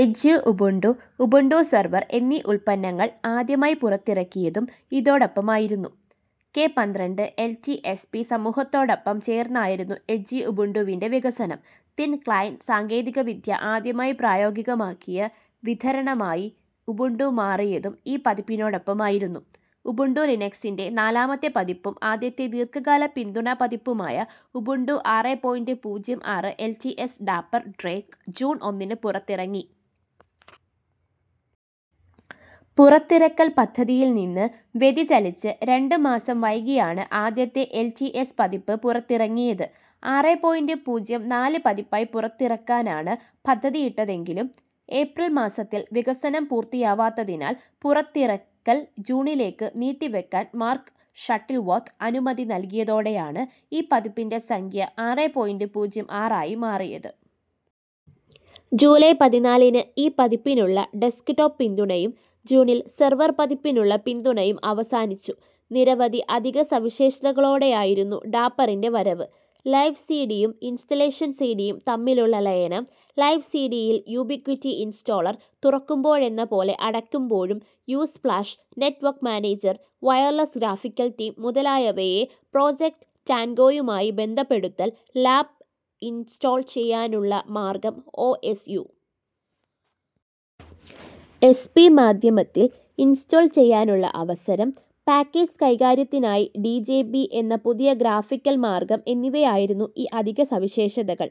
Edu Ubuntu, Ubuntu server എന്നീ ഉൽപന്നങ്ങൾ ആദ്യമായി പുറത്തിറക്കിയതും ഇതോടൊപ്പമായിരുന്നു. കെ പന്ത്രണ്ട് എൽടി എസ്പി സമൂഹത്തോടൊപ്പം ചേർന്നായിരുന്നു എജ്യു ഉബുണ്ടുവിൻ്റെ വികസനം. തിൻ ക്ലൈൻ്റ് സാങ്കേതികവിദ്യ ആദ്യമായി പ്രായോഗികമാക്കിയ വിതരണമായി ഉബുണ്ടു മാറിയതും ഈ പതിപ്പിനോടൊപ്പമായിരുന്നു. ഉബുണ്ടു ലിനക്സിൻ്റെ നാലാമത്തെ പതിപ്പും ആദ്യത്തെ ദീർഘകാല പിന്തുണാ പതിപ്പുമായ ഉബുണ്ടു ആറെ പോയിൻ്റ് പൂജ്യം ആറ് എൽടിഎസ് ഡാപ്പർ ഡ്രേക്ക് ജൂൺ ഒന്നിന് പുറത്തിറങ്ങി. പുറത്തിറക്കൽ പദ്ധതിയിൽ നിന്ന് വ്യതിചലിച്ച് രണ്ട് മാസം വൈകിയാണ് ആദ്യത്തെ എൽടിഎസ് പതിപ്പ് പുറത്തിറങ്ങിയത്. ആറെ പോയിൻ്റ് പൂജ്യം നാല് പതിപ്പായി പുറത്തിറക്കാനാണ് പദ്ധതിയിട്ടതെങ്കിലും ഏപ്രിൽ മാസത്തിൽ വികസനം പൂർത്തിയാവാത്തതിനാൽ പുറത്തിറക്കൽ ജൂണിലേക്ക് നീട്ടിവെക്കാൻ മാർക്ക് ഷട്ടിൽവർത്ത് അനുമതി നൽകിയതോടെയാണ് ഈ പതിപ്പിൻ്റെ സംഖ്യ ആറെ പോയിൻ്റ് പൂജ്യം ആറായി മാറിയത്. ജൂലൈ പതിനാലിന് ഈ പതിപ്പിനുള്ള ഡെസ്ക്ടോപ്പ് പിന്തുണയും, ജൂണിൽ സെർവർ പതിപ്പിനുള്ള പിന്തുണയും അവസാനിച്ചു. നിരവധി അധിക സവിശേഷതകളോടെയായിരുന്നു ഡാപ്പറിൻ്റെ വരവ്. Live C. ഡിയും ഇൻസ്റ്റലേഷൻ സി. ഡിയും തമ്മിലുള്ള ലയനം, ലൈവ് സി. ഡിയിയിൽ യുബിക്വിറ്റി ഇൻസ്റ്റോളർ, തുറക്കുമ്പോഴെന്ന പോലെ അടക്കുമ്പോഴും usplash, network manager, wireless graphical theme മുതലായവയെ പ്രൊജക്റ്റ് റ്റാൻഗോയുമായി ബന്ധപ്പെടുത്തൽ, ലാമ്പ് ഇൻസ്റ്റോൾ ചെയ്യാനുള്ള മാർഗ്ഗം, ഓഎസ് യു. എസ്. ബി. മാദ്ധ്യമത്തിൽ ഇൻസ്റ്റോൾ ചെയ്യാനുള്ള അവസരം, പാക്കേജ് കൈകാര്യത്തിനായി ജിഡെബി എന്ന പുതിയ ഗ്രാഫിക്കൽ മാർഗ്ഗം എന്നിവയായിരുന്നു ഈ അധിക സവിശേഷതകൾ.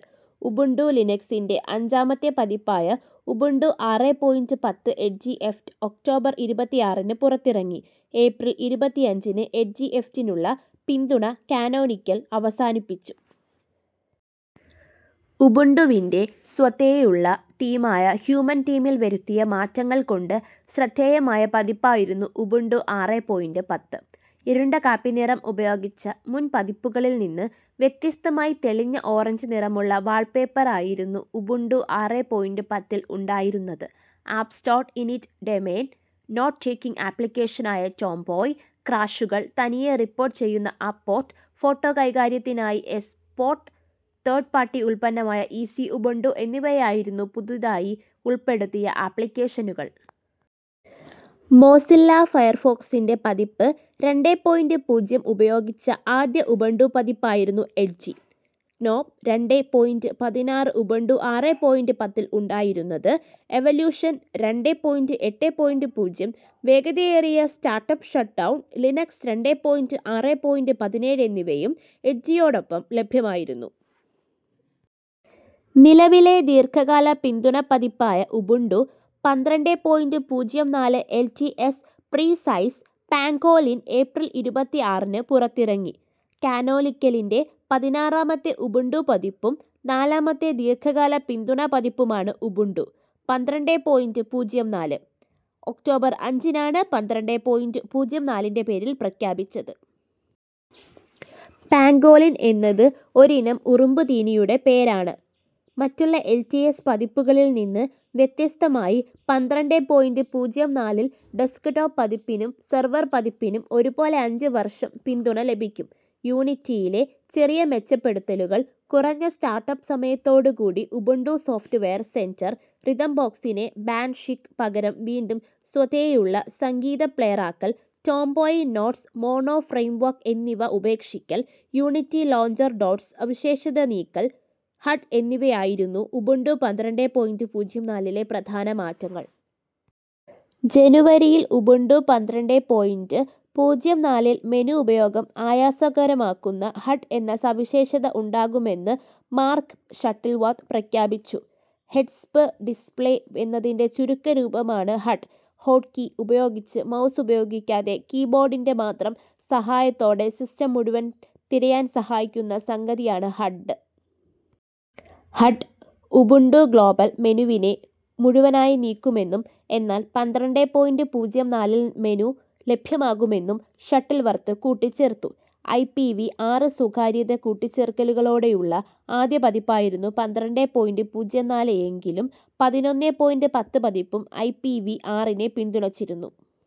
ഉബുണ്ടു ലിനക്സിൻ്റെ അഞ്ചാമത്തെ പതിപ്പായ ഉബുണ്ടു ആറേ പോയിൻ്റ് പത്ത് എഡ്ജി എഫ്റ്റ് ഒക്ടോബർ ഇരുപത്തിആറിന് പുറത്തിറങ്ങി. ഏപ്രിൽ ഇരുപത്തിഅഞ്ചിന് എഡ്ജി എഫ്റ്റിനുള്ള പിന്തുണ കാനോനിക്കൽ അവസാനിപ്പിച്ചു. ഉബുണ്ടുവിൻ്റെ സ്വതേയുള്ള തീമായ ഹ്യൂമൻ തീമിൽ വരുത്തിയ മാറ്റങ്ങൾ കൊണ്ട് ശ്രദ്ധേയമായ പതിപ്പായിരുന്നു ഉബുണ്ടു ആറേ പോയിൻ്റ് പത്ത്. ഇരുണ്ട കാപ്പി നിറം ഉപയോഗിച്ച മുൻ പതിപ്പുകളിൽ നിന്ന് വ്യത്യസ്തമായി തെളിഞ്ഞ ഓറഞ്ച് നിറമുള്ള വാൾപേപ്പറായിരുന്നു ഉബുണ്ടു ആറേ പോയിൻ്റ് പത്തിൽ ഉണ്ടായിരുന്നത്. അപ് സ്റ്റാർട്ട് ഇനിറ്റ് ഡേമെൻ, നോട് ടേക്കിംഗ് ആപ്ലികേഷനായ ടോംബോയ്, ക്രാഷുകൾ തനിയെ റിപ്പോട്ട് ചെയ്യുന്ന അപ്പോർട്ട്, ഫോട്ടോ കൈകാര്യത്തിനായി എഫ് സ്പോട്ട്, തേഡ് പാർട്ടി ഉൽപ്പന്നമായ ഈസി ഉബുണ്ടു എന്നിവയായിരുന്നു പുതുതായി ഉൾപ്പെടുത്തിയ ആപ്ലികേഷനുകൾ. മോസില്ല ഫയർഫോക്സിൻ്റെ പതിപ്പ് രണ്ടേ പോയിൻ്റ് പൂജ്യം ഉപയോഗിച്ച ആദ്യ ഉബുണ്ടു പതിപ്പായിരുന്നു എഡ്ജി. ഗ്നോം രണ്ടേ പോയിൻ്റ് പതിനാറ് ഉബുണ്ടു ആറേ പോയിൻ്റ് പത്തിൽ ഉണ്ടായിരുന്നത്. എവലൂഷൻ രണ്ടേ പോയിൻ്റ് എട്ടേ പോയിൻ്റ് പൂജ്യം, വേഗതയേറിയ സ്റ്റാർട്ടപ് ഷട്ട്ഡൗൺ, ലിനക്സ് രണ്ടേ പോയിൻ്റ് ആറേ പോയിൻ്റ് പതിനേഴ് എന്നിവയും എഡ്ജിയോടൊപ്പം ലഭ്യമായിരുന്നു. നിലവിലെ ദീർഘകാല പിന്തുണപതിപ്പായ ഉബുണ്ടു പന്ത്രണ്ടേ പോയിൻ്റ് പൂജ്യം നാല് എൽടിഎസ് പ്രിസൈസ് പാങ്കോലിൻ ഏപ്രിൽ ഇരുപത്തി ആറിന് പുറത്തിറങ്ങി. കാനോനിക്കലിൻ്റെ പതിനാറാമത്തെ ഉബുണ്ടു പതിപ്പും നാലാമത്തെ ദീർഘകാല പിന്തുണാ പതിപ്പുമാണ് ഉബുണ്ടു പന്ത്രണ്ടേ പോയിൻ്റ് പൂജ്യം നാല്. ഒക്ടോബർ അഞ്ചിനാണ് പന്ത്രണ്ടേ പോയിൻ്റ് പൂജ്യം നാലിൻ്റെ പേര് പ്രഖ്യാപിച്ചത്. പാങ്കോലിൻ എന്നത് ഒരിനം ഉറുമ്പുതീനിയുടെ പേരാണ്. മറ്റുള്ള എൽടിഎസ് പതിപ്പുകളിൽ നിന്ന് വ്യത്യസ്തമായി പന്ത്രണ്ടേ പോയിൻ്റ് പൂജ്യം നാലിൽ ഡെസ്ക്ടോപ്പ് പതിപ്പിനും സെർവർ പതിപ്പിനും ഒരു പോലെ അഞ്ച് വർഷം പിന്തുണ ലഭിക്കും. യൂണിറ്റിയിലെ ചെറിയ മെച്ചപ്പെടുത്തലുകൾ, കുറഞ്ഞ സ്റ്റാർട്ടപ്പ് സമയത്തോട് കൂടിയ ഉബുണ്ടു സോഫ്റ്റ് വെയർ സെൻ്റർ, റിഥംബോക്സിനെ ബാൻഷീക്ക് പകരം വീണ്ടും സ്വതേയുള്ള സംഗീതപ്ലയറാക്കൽ, ടോംബോയ് നോട്സ് മോണോ ഫ്രെയിംവർക്ക് എന്നിവ ഉപേക്ഷിക്കൽ, യൂണിറ്റി ലോഞ്ചർ ഡോഡ്ജ് സവിശേഷത നീക്കൽ, ഹഡ് എന്നിവയായിരുന്നു ഉബുണ്ടു പന്ത്രണ്ടേ പോയിൻ്റ് പൂജ്യം നാലിലെ പ്രധാന മാറ്റങ്ങൾ. ജനുവരിയിൽ ഉബുണ്ടു പന്ത്രണ്ടേ പോയിൻ്റ് പൂജ്യം നാലിൽ മെനു ഉപയോഗം ആയാസകരമാക്കുന്ന ഹഡ് എന്ന സവിശേഷത ഉണ്ടാകുമെന്ന് മാർക്ക് ഷട്ടിൽവർത്ത് പ്രഖ്യാപിച്ചു. ഹെഡ്സ്പ് ഡിസ്പ്ലേ എന്നതിൻ്റെ ചുരുക്കരൂപമാണ് ഹഡ്. ഹോട്ട്കീ ഉപയോഗിച്ച് മൗസുപയോഗിക്കാതെ കീബോഡിൻ്റെ മാത്രം സഹായത്തോടെ സിസ്റ്റം മുഴുവൻ തിരയാൻ സഹായിക്കുന്ന സംഗതിയാണ് ഹഡ്. ഹഡ് ഉബുണ്ടു ഗ്ലോബൽ മെനുവിനെ മുഴുവനായി നീക്കുമെന്നും എന്നാൽ പന്ത്രണ്ടേ പോയിൻ്റ് പൂജ്യം നാലിൽ മെനു ലഭ്യമാകുമെന്നും ഷട്ടിൽവർത്ത് കൂട്ടിച്ചേർത്തു. ഐപിവി ആറ് സ്വകാര്യതാ കൂട്ടിച്ചേർക്കലുകളോടെയുള്ള ആദ്യ പതിപ്പായിരുന്നു പന്ത്രണ്ടേ പോയിൻ്റ് പൂജ്യം നാല് എങ്കിലും പതിനൊന്നേ പോയിൻ്റ് പത്ത് പതിപ്പും ഐപിവി ആറിനെ പിന്തുണച്ചിരുന്നു.